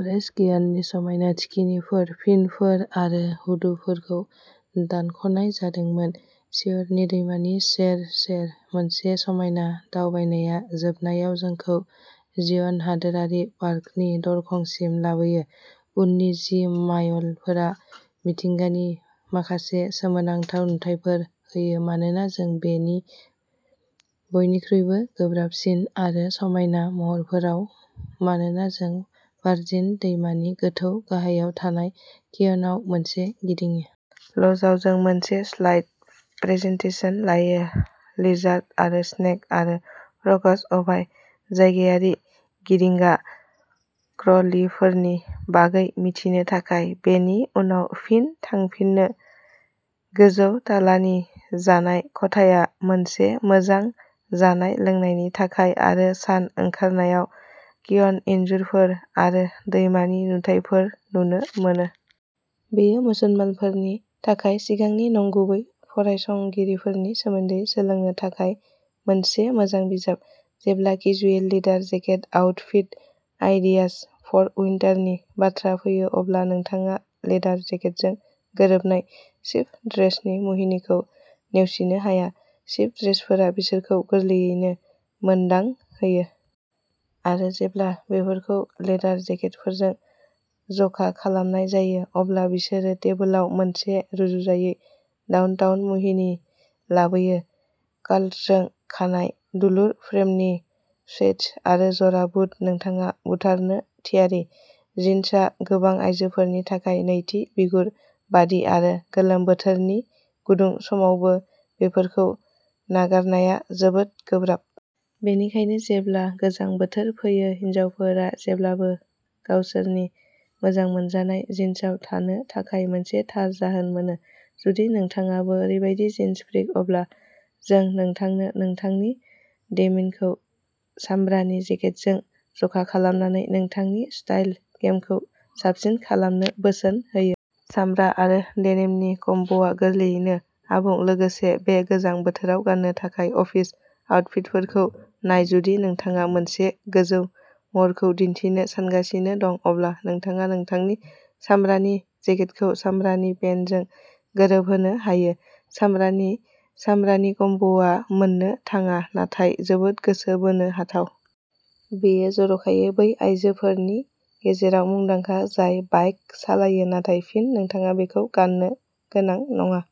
Bryce केनयाननि समायना थिखिनिफोर फिनफोर आरो हुदुफोरखौ दानख'नाय जादोंमोन। सेवियर दैमानि सेर सेर मोनसे समायना दावबायनाया जोबनायाव जोंखौ जिय'न हादोरारि पार्कनि दरखंसिम लाबोयो। उननि जि माइअलफोरा मिथिंगानि माखासे सोमोनांथाव नुथायफोर होयो मानोना जों बेनि बयनिख्रुइबो गोब्राबसिन आरो समायना महरफोराव मानोना जों भार्जिन दैमानि गोथौ गाहायाव थानाय केनयनाव मोनसे गिदिङो। ल'जआव जों मोनसे स्लाइड प्रेजेन्टेसन लायो लिजार्ड आरो स्नेक आरो फ्र'ग्स अ'बाय जायगायारि गिदिंगा क्र'लिफोरनि बागै मिथिनो थाखाय, बेनि उनाव फिन थांफिनो। गोजौ थालानि जानाय खथाया मोनसे मोजां जानाय लोंनायनि थाखाय आरो सान ओंखारनायाव केन्यन इनजुरफोर आरो दैमानि नुथायफोर नुनो मोनो। बेयो मुसलमानफोरनि थाखाय सिगांनि नंगुबै फरायसंगिरिफोरनि सोमोन्दै सोलोंनो थाखाय मोनसे मोजां बिजाब। जेब्ला casual leather jacket outfit ideas for उइन्टारनि बाथ्रा फैयो अब्ला नोंथाङा लेदार जेकेटजों गोरोबनाय शिफ्ट ड्रेसनि मुहिनिखौ नेवसिनो हाया। शिफ्ट ड्रेसफोरा बिसोरखौ गोरलैयैनो मोनदांहोयो। आरो जेब्ला बेफोरखौ लेदार जेकेटफोरजों ज'खालामनाय जायो, अब्ला बिसोरो टेबोलाव मोनसे रुजुजायै डाउनटाउन मुहिनि लाबोयो। कार्लजों खानाइ दुलुर फ्रेमनि शेड्स आरो जरा बुट नोंथाङा बुथारनो थियारि। जिन्सआ गोबां आइजोफोरनि थाखाय नैथि बिगुर बादि आरो गोलोम बोथोरनि गुदुं समावबो बेफोरखौ नागारनाया जोबोद गोब्राब। बेनिखायनो, जेब्ला गोजां बोथोर फैयो हिनजावफोरा जेब्लाबो गावसोरनि मोजां मोनजानाय जिन्सआव थानो थाखाय मोनसे थार जाहोन मोनो। जुदि नोंथाङाबो ओरैबायदि जिन्स फ्रिक अब्ला जों नोंथांनो नोंथांनि डेमिनखौ सामब्रानि जेकेटजों ज'खालामनानै नोंथांनि स्टाइल गेमखौ साबसिन खालामनो बोसोन होयो। सामब्रा आरो डेनिमनि कम्बोआ गोरलैयैनो आबुं लोगोसे बे गोजां बोथोराव गान्नो थाखाय अफिस आउटफिटफोरखौ नाय जुदि नोंथाङा मोनसे गोजौ महरखौ दिन्थिनो सानगासिनो दं अब्ला नोंथाङा नोंथांनि सामब्रानि जेकेटखौ सामब्रानि पेन्टजों गोरोबहोनो हायो। सामब्रानि सामब्रानि कम्बोआ मोननो थाङा नाथाय जोबोद गोसो बोनो हाथाव। बेयो जर'खायै बै आयजोफोरनि गेजेराव मुंदांखा जाय बाइक सालायो नाथाय फिन नोंथाङा बेखौ गाननो गोनां नङा।